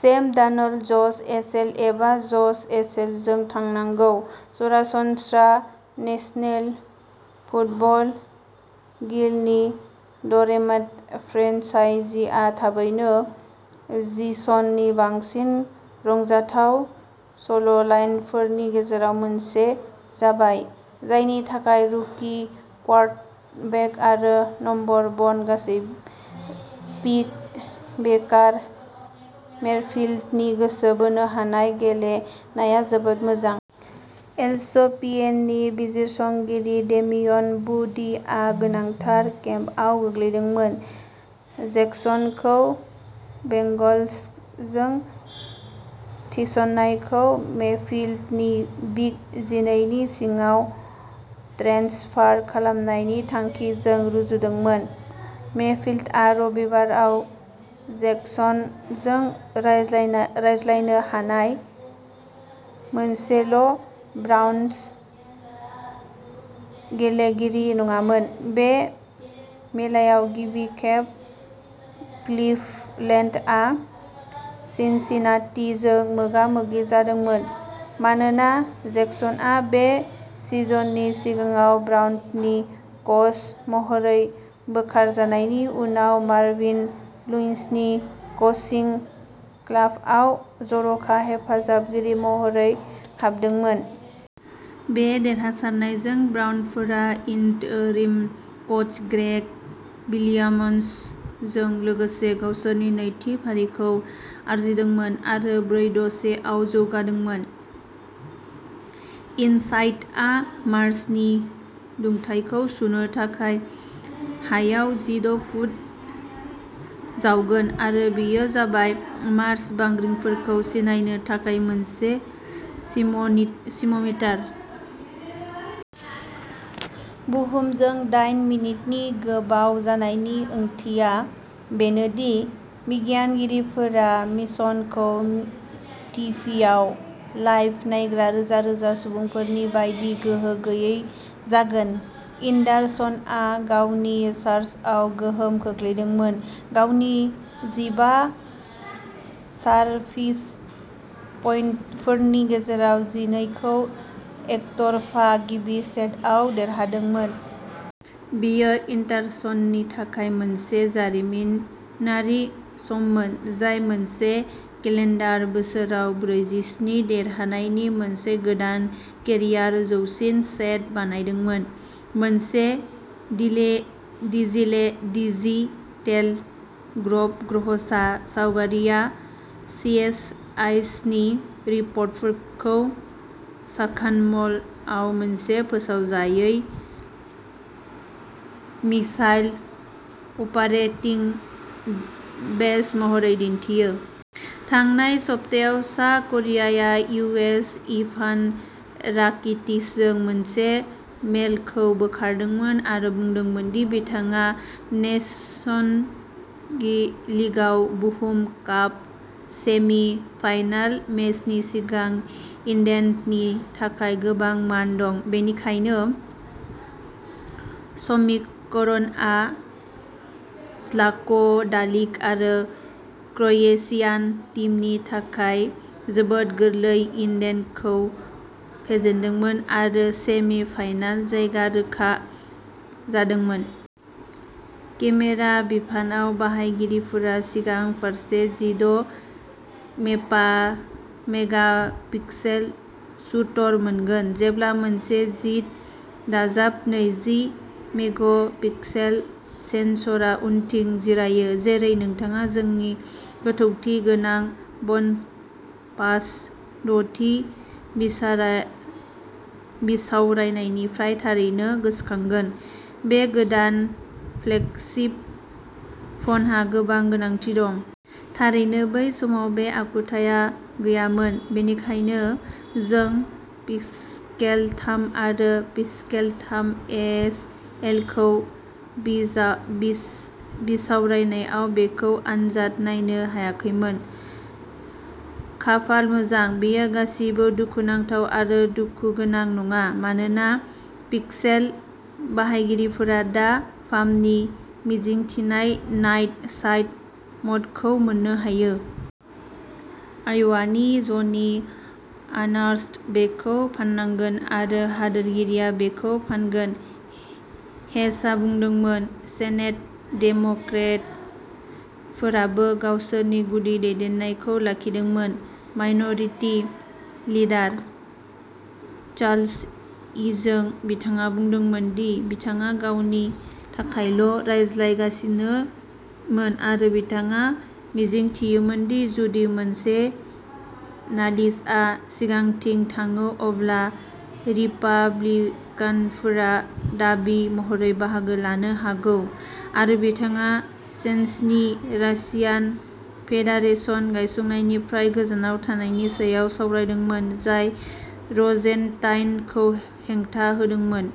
Same Darnold, Josh Allen एबा Josh रसेनजों थांनांगौ। सरासनस्रा नेशनेल फुटबल लीगनि ड'रमेट फ्रेन्चाइजीआ थाबैनो सिजननि बांसिन रंजाथाव सल'लाइनफोरनि गेजेराव मोनसे जाबाय, जायनि थाखाय रुकि क्वार्टरबेक आरो नम्बर वन गासै पिक बेकार मेफील्डनि गोसो बोनो हानाय गेलेनाया जोबोद मोजां। इएसपीएननि बिजिरसंगिरि डेमियन वुडीआ गोनांथार केम्पआव गोग्लैदोंमोन, जेक्सनखौ बेंगल्सजों थिसननायखौ मेफील्डनि बिग जिनैनि सिङाव ट्रेन्सफार खालामनायनि थांखिजों रुजुदोंमोन। मेफील्डआ रबिबाराव जेक्सनजों रायज्लायनो हानाय मोनसेल'ब्राउन गेलेगिरि नङामोन। बे मेलाया गिबि खेब क्लिभलेन्डआ सिनसिनाटीजों मोगा-मोगि जादोंमोन, मानोना जेक्सनआ बे सिजननि सिगाङाव ब्राउननि कच महरै बोखारजानायनि उनाव मार्विन लुइसनि कोचिं स्टाफआव जर'खा हेफाजाबगिरि महरै हाबदोंमोन। बे देरहासारनायजों, ब्राउनफोरा इन्टरिम कच ग्रेग विलियम्सजों लोगोसे गावसोरनि नैथि फारिखौ आरजिदोंमोन आरो ब्रै-द-से आव जौगादोंमोन। इनसाइटआ मार्सनि दुंथायखौ सुनो थाखाय हायाव जिद' फुट जावगोन आरो बेयो जाबाय। मार्स बांग्रिफोरखौ सिनायनो थाखाय मोनसे सिसम'मिटार। बुहुमजों दाइन मिनिटनि गोबाव जानायनि ओंथिया बेनो दि बिगियानगिरिफोरा मिशनखौ टिभियाव लाइभ नायग्रा रोजा रोजा सुबुंफोरनि बायदि गोहो गैयै जागोन। एन्डारसनआ गावनि सार्भआव गोहोम खोख्लैदोंमोन, गावनि जिबा सार्भिस पइन्टफोरनि गेजेराव जिनैखौ एकतरफा गिबि सेटआव देरहादोंमोन। बेयो एन्डारसननि थाखाय मोनसे जारिमिनारि सममोन, जाय मोनसे केलेन्डार बोसोराव ब्रैजिस्नि देरहानायनि मोनसे गोदान केरियार जौसिन सेट बानायदोंमोन। मोनसे डिजिटेल ग्ल'ब ग्रहसा सावगारिआ सिएसआइएसनि रिपर्टफोरखौ साक्कानम'लआव मोनसे फोसावजायै मिसाइल अपारेटिं बेस महरै दिन्थियो। थांनाय सप्तायाव, सा करियाया इउ. एस. इभान राकिटिचजों मोनसे मेलखौ बोखारदोंमोन आरो बुंदोंमोन दि बिथाङा नेशन्स लीगाव बुहुम काप सेमि-फाइनाल मेचनि सिगां इंलेन्डनि थाखाय गोबां मान दं। बेनिखायनो समीकरणआ ज्लाटक'डालिक आरो क्र'एशियान टीमनि थाखाय जोबोद गोरलै, इंलेन्डखौ फेजेनदोंमोन आरो सेमि-फाइनाल जायगा रोखा जादोंमोन। केमेरा बिफानाव, बाहायगिरिफोरा सिगां फारसे जिद' मेगापिक्सेल शूटर मोनगोन। जेब्ला मोनसे जिद दाजाब नैजि मेग'पिक्सेल सेनसरा उनथिं जिरायो। जेरै नोंथाङा जोंनि गोथौथि गोनां वनप्लास दथि बिसावरायनायनिफ्राय थारैनो गोसोखांगोन, बे गोदान फ्लेगशिप फनहा गोबां गोनांथि दं। थारैनो बै समाव, बे आखुथाया गैयामोन बेनिखायनो जों पिक्सेल थाम आरो पिक्सेल थाम एस एलखौ बिसावरायनायाव बेखौ आनजाद नायनो हायाखैमोन। खाफाल मोजां, बेयो गासिबो दुखुनांथाव आरो दुखुगोनां नङा, मानोना पिक्सेल बाहायगिरिफोरा दा फार्मनि मिजिंथिनाय नाइट साइट म'डखौ मोननो हायो। आय'वानि ज'नि आर्नस्ट। बेखौ फाननांगोन, आरो हादोरगिरिया बेखौ फानगोन, हेचआ बुंदोंमोन। सेनेट डेम'क्रेटफोराबो गावसोरनि गुदि दैदेननायखौ लाखिदोंमोन, माइन'रिटि लिडार चार्ल्स इजों। बिथाङा बुंदोंमोन दि बिथाङा गावनि थाखायल' रायज्लायगासिनोमोन आरो बिथाङा मिजिंथियोमोन दि जुदि मोनसे नालिसआ सिगांथिं थाङो अब्ला रिपाब्लिकानफोरा बादी महरै बाहागो लानो हागौ आरो बिथाङा सेसन्सनि रासियान फेडारेशन नायसंनायनिफ्राय गोजानाव थानायनि सायाव सावरायदोंमोन, जाय र'जेनस्टाइनखौ हेंथा होदोंमोन।